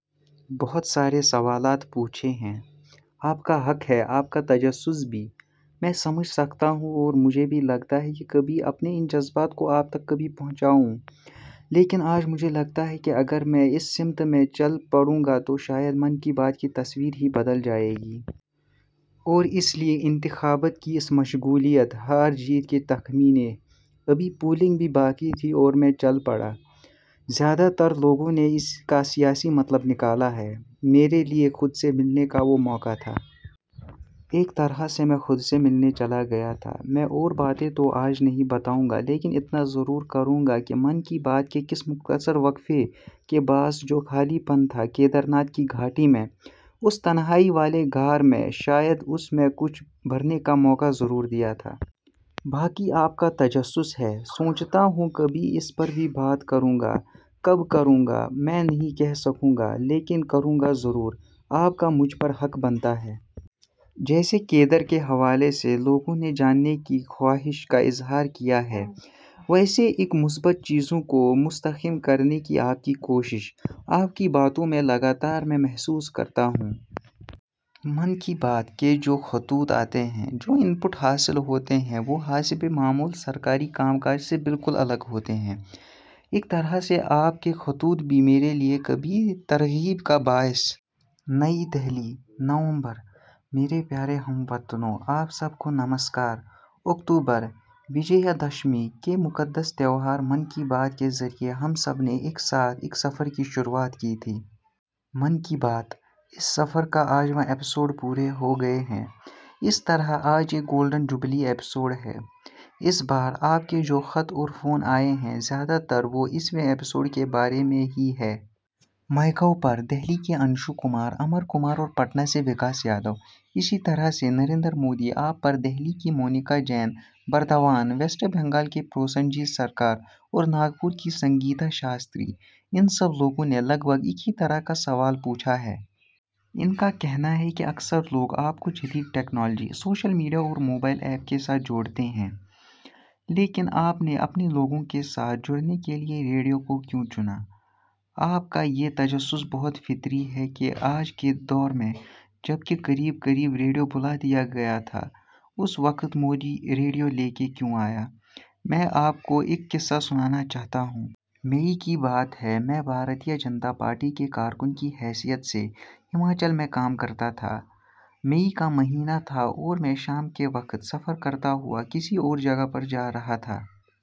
بہت سارے سوالات پوچھے ہیں۔ آپ کا حق ہے، آپ کا تجسس بھی، میں سمجھ سکتا ہوں اور مجھے بھی لگتا ہے کہ کبھی اپنے ان جذبات کو آپ تک کبھی پہنچا ہوں، لیکن آج مجھے لگتا ہے کہ اگر میں اس سمت میں چل پڑوں گا تو شاید 'من کی بات' کی تصویر ہی بدل جائے گی۔ اور اس لیے انتخابات کی اس مشغولیت، ہار جیت کے تخمینے، ابھی پولنگ بھی باقی تھی اور میں چل پڑا۔ زیادہ تر لوگوں نے اس کا سیاسی مطلب نکالا ہے۔ میرے لیے خود سے ملنے کا وہ موقع تھا۔ ایک طرح سے میں خود سے ملنے چلا گیا تھا۔ میں اور باتیں تو آج نہیں بتاؤں گا لیکن اتنا ضرور کروں گا کہ 'من کی بات' کے کس مختصر وقفے کے باعث جو خالی پن تھا کیدار کی گھاٹی میں اُس تنہائی والے غار میں شاید اس میں کچھ بھرنے کا موقع ضرور دیا تھا۔ باقی آپ کا تجسس ہے۔ سوچتا ہوں کبھی اس پر بھی بات کروں گا۔ کب کروں گا میں نہیں کہ سکوں گا، لیکن کروں گا ضرور، آپ کا مجھ پر حق بنتا ہے۔ جیسے کیدار کے حوالے سے لوگوں نے جاننے کی خواہش کا اظہار کیا ہے، ویسے ایک مثبت چیزوں کو مستحکم کرنے کی آپ کی کوشش، آپ کی باتوں میں لگاتار میں محسوس کرتا ہوں۔ 'من کی بات' کے لیے جو خطوط آتے ہیں، جو ان پٹ حاصل ہوتے ہیں وہ حسب معمول سرکاری کام کاج سے بالکل الگ ہوتے ہیں۔ ایک طرح سے آپ کے خطوط بھی میرے لیے کبھی ترغیب کا باعث. نئی دہلی، / نومبر میرے پیارے ہم وطنوں، آپ سب کو نمسکار! اکتوبر وجے دشمی کا مقدس تہوار۔ 'من کی بات' کے ذریعے ہم سب نے ایک ساتھ، ایک سفر کی شروعات کی تھی۔ 'من کی بات'، اس سفر کا آج واں ایپیسوڈ پورے ہوگئے ہیں۔ اس طرح آج یہ گولڈن جوبلی ایپیسوڈ ہے۔ اس بار آپ کے جو خط اور فون آئے ہیں، زیادہ تر وہ اس ویں ایپیسوڈ کے بارے میں ہی ہے۔ مائی گوو پر دلّی کے انشو کمار، امر کمار اور پٹنہ سے وکاس یادو، اسی طرح سے نریندر مودی ایپ پر دلّی کی مونیکا جین، بردوان، ویسٹ بنگال کے پرسین جیت سرکار اور ناگپور کی سنگیتا شاستری ان سب لوگوں نے لگ بھگ ایک ہی طرح کا سوال پوچھا ہے۔ ان کا کہنا ہے کہ اکثر لوگ آپ کو جدید ٹیکنالوجی، سوشل میڈیا اور موبائل ایپ کے ساتھ جوڑتے ہیں، لیکن آپ نے اپنے لوگوں کے ساتھ جڑنے کے لیے ریڈیو کو کیوں چنا؟ آپ کا یہ تجسس بہت فطری ہے کہ آج کے دور میں، جب کہ قریب قریب ریڈیو بھلا دیا گیا تھا اس وقت مودی ریڈیو لے کر کے کیوں آیا؟ میں آپ کو ایک قصہ سنانا چاہتا ہوں۔ یہ کی بات ہے، میں بھارتیہ جنتا پارٹی کے کارکن کی حیثیت سے ہماچل میں کام کرتا تھا۔ مئی کا مہینہ تھا اور میں شام کے وقت سفر کرتا ہوا کسی اور جگہ پر جا رہا تھا۔